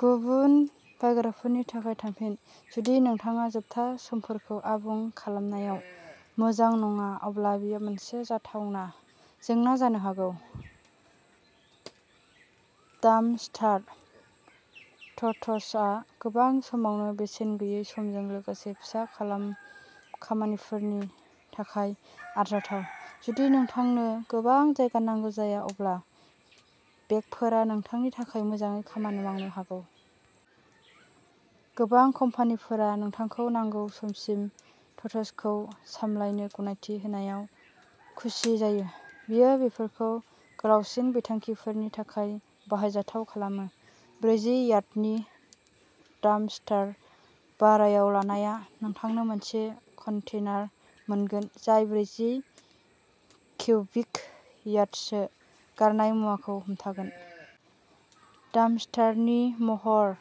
गुबुन बायग्राफोरनि थाखाय थांफिन। जुदि नोंथाङा जोबथा समफोरखौ आबुं खालामनायाव मोजां नङा अब्ला बेयो मोनसे जाथावना जेंना जानो हागौ। डाम्पस्टार टट्सआ गोबां समावनो बेसेन गैयै समजों लोगोसे फिसा खामानिफोरनि थाखाय आरजाथाव। जुदि नोंथांनो गोबां जायगा नांगौ जाया, अब्ला बेगफोरा नोंथांनि थाखाय मोजाङै खामानि मावनो हागौ। गोबां कम्पानिफोरा नोंथांखौ नांगौ समसिम टट्सखौ सामलायनो गनायथि होनायाव खुसि जायो। बेयो बेफोरखौ गोलावसिन बिथांखिफोरनि थाखाय बाहायजाथाव खालामो। ब्रैजि यार्डनि डाम्पस्टार भारायाव लानाया नोंथांनो मोनसे कन्टेनार मोनगोन जाय ब्रैजि किउबिक यार्डसो गारनाय मुवाखौ हमथागोन। डाम्पस्टारनि महर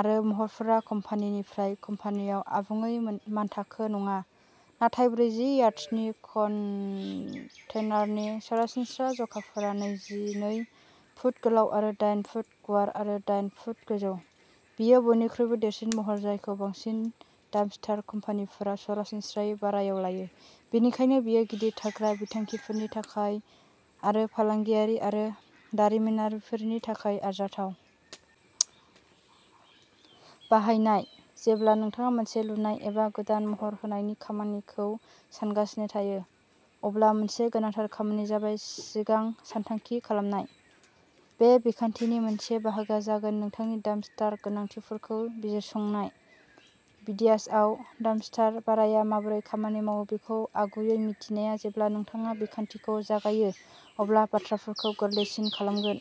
आरो महरफोरा कम्पानिनिफ्राय कम्पानिआव आबुङै मानथाखो नङा, नाथाय ब्रैजि यार्डनि कन्टेनारनि सरासनस्रा जखाफोरा नैजिनै फुट गोलाव आरो दाइन फुट गुवार आरो दाइन फुट गोजौ। बेयो बयनिख्रुइबो देरसिन महर जायखौ बांसिन डाम्पस्टार कम्पानिफोरा सरासनस्रायै भारायाव लायो, बेनिखायनो बेयो गिदिर थाग्रा बिथांखिफोरनि थाखाय आरो फालांगियारि आरो दारिमिनारिफोरनि थाखाय आरजाथाव। बाहायनाय। जेब्ला नोंथाङा मोनसे लुनाय एबा गोदान महर होनायनि खामानिखौ सानगासिनो थायो, अब्ला मोनसे गोनांथार खामानि जाबाय सिगां सानथांखि खालामनाय। बे बिखान्थिनि मोनसे बाहागोआ जागोन नोंथांनि डाम्पस्टार गोनांथिफोरखौ बिजिरसंनाय। बेदियासआव डाम्पस्टार भाराया माबोरै खामानि मावो बेखौ आगुयै मिथिनाया जेब्ला नोंथाङा बिखान्थिखौ जागायो अब्ला बाथ्राफोरखौ गोरलैसिन खालामगोन।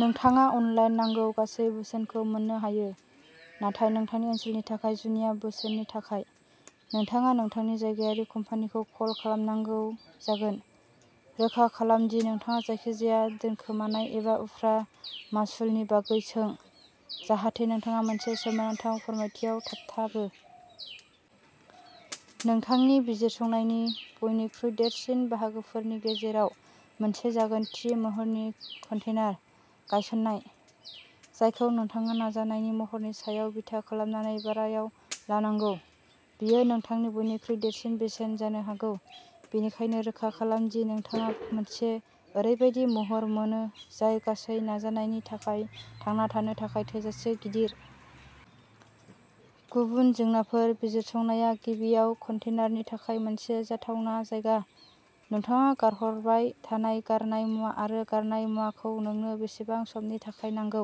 नोंथाङा अनलाइन नांगौ गासै बोसोनखौ मोननो हायो, नाथाय नोंथांनि ओनसोलनि थाखाय जुनिया बोसोननि थाखाय, नोंथाङा नोंथांनि जायगायारि कम्पानिखौ कल खालामनांगौ जागोन। रोखा खालाम दि नोंथाङा जायखिजाया दोनखोमानाय एबा उफ्रा मासुलनि बागै सों, जाहाथे नोंथाङा मोनसे सोमोनांथाव फोरमायथियाव थाबथाबो। नोंथांनि बिजिरसंनायनि बयनिख्रुइ देरसिन बाहागोफोरनि गेजेराव मोनसे जागोन थि महरनि कन्टेनार गायसन्नाय, जायखौ नोंथाङा नाजानायनि महरनि सायाव बिथा खालामनानै भारायाव लानांगौ। बेयो नोंथांनि बयनिख्रुइ देरसिन बेसेन जानो हागौ, बेनिखायनो रोखा खालाम दि नोंथाङा मोनसे ओरैबायदि महर मोनो जाय गासै नाजानायनि थाखाय थांना थानो थाखाय थोजासे गिदिर। गुबुन जेंनाफोर बिजिरसंनाया गिबियाव कन्टेनारनि थाखाय मोनसे जाथावना जायगा, नोंथाङा गारहरबाय थानाय गारनाय मुवा आरो गारनाय मुवाखौ नोंनो बेसेबां समनि थाखाय नांगौ,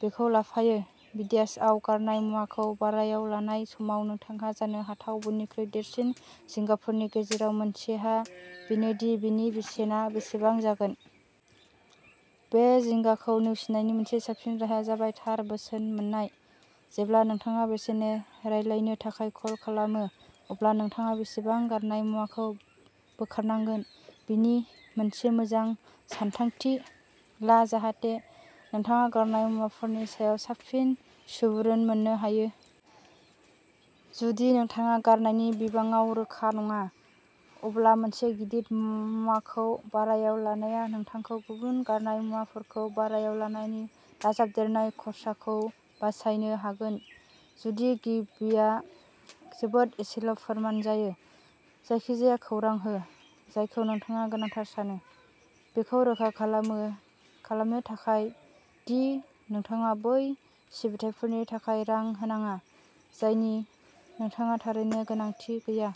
बेखौ लाफायो। बेदियासआव गारनाय मुवाखौ भारायाव लानाय समाव नोंथांहा जानो हाथाव बयनिख्रुइ देरसिन जिंगाफोरनि गेजेराव मोनसेआ बेनो दि बेनि बेसेना बेसेबां जागोन। बे जिंगाखौ नेवसिनायनि मोनसे साबसिन राहाया जाबाय थार बोसोन मोन्नाय। जेब्ला नोंथाङा बेसेननि रायलायनो थाखाय कल खालामो अब्ला नोंथाङा बेसेबां गारनाय मुवाखौ बोखारनांगोन बेनि मोनसे मोजां सान्दांथि ला जाहाथे नोंथाङा गारनाय मुवाफोरनि सायाव साबसिन सुबुरुन मोननो हायो। जुदि नोंथाङा गारनायनि बिबाङाव रोखा नङा, अब्ला मोनसे गिदिर मुवाखौ भारायाव लानाया नोंथांखौ गुबुन गारनाय मुवाफोरखौ भारायाव लानायनि दाजाबदेरनाय खरसाखौ बासायनो हागोन जुदि गिबिआ जोबोद एसेल' फोरमान जायो। जायखिजाया खौरां हो, जायखौ नोंथाङा गोनांथार सानो, बेखौ रोखा खालामनो थाखाय दि नोंथाङा बै सिबिथाइफोरनि थाखाय रां होनाङा, जायनि नोंथाङा थारैनो गोनांथि गैया।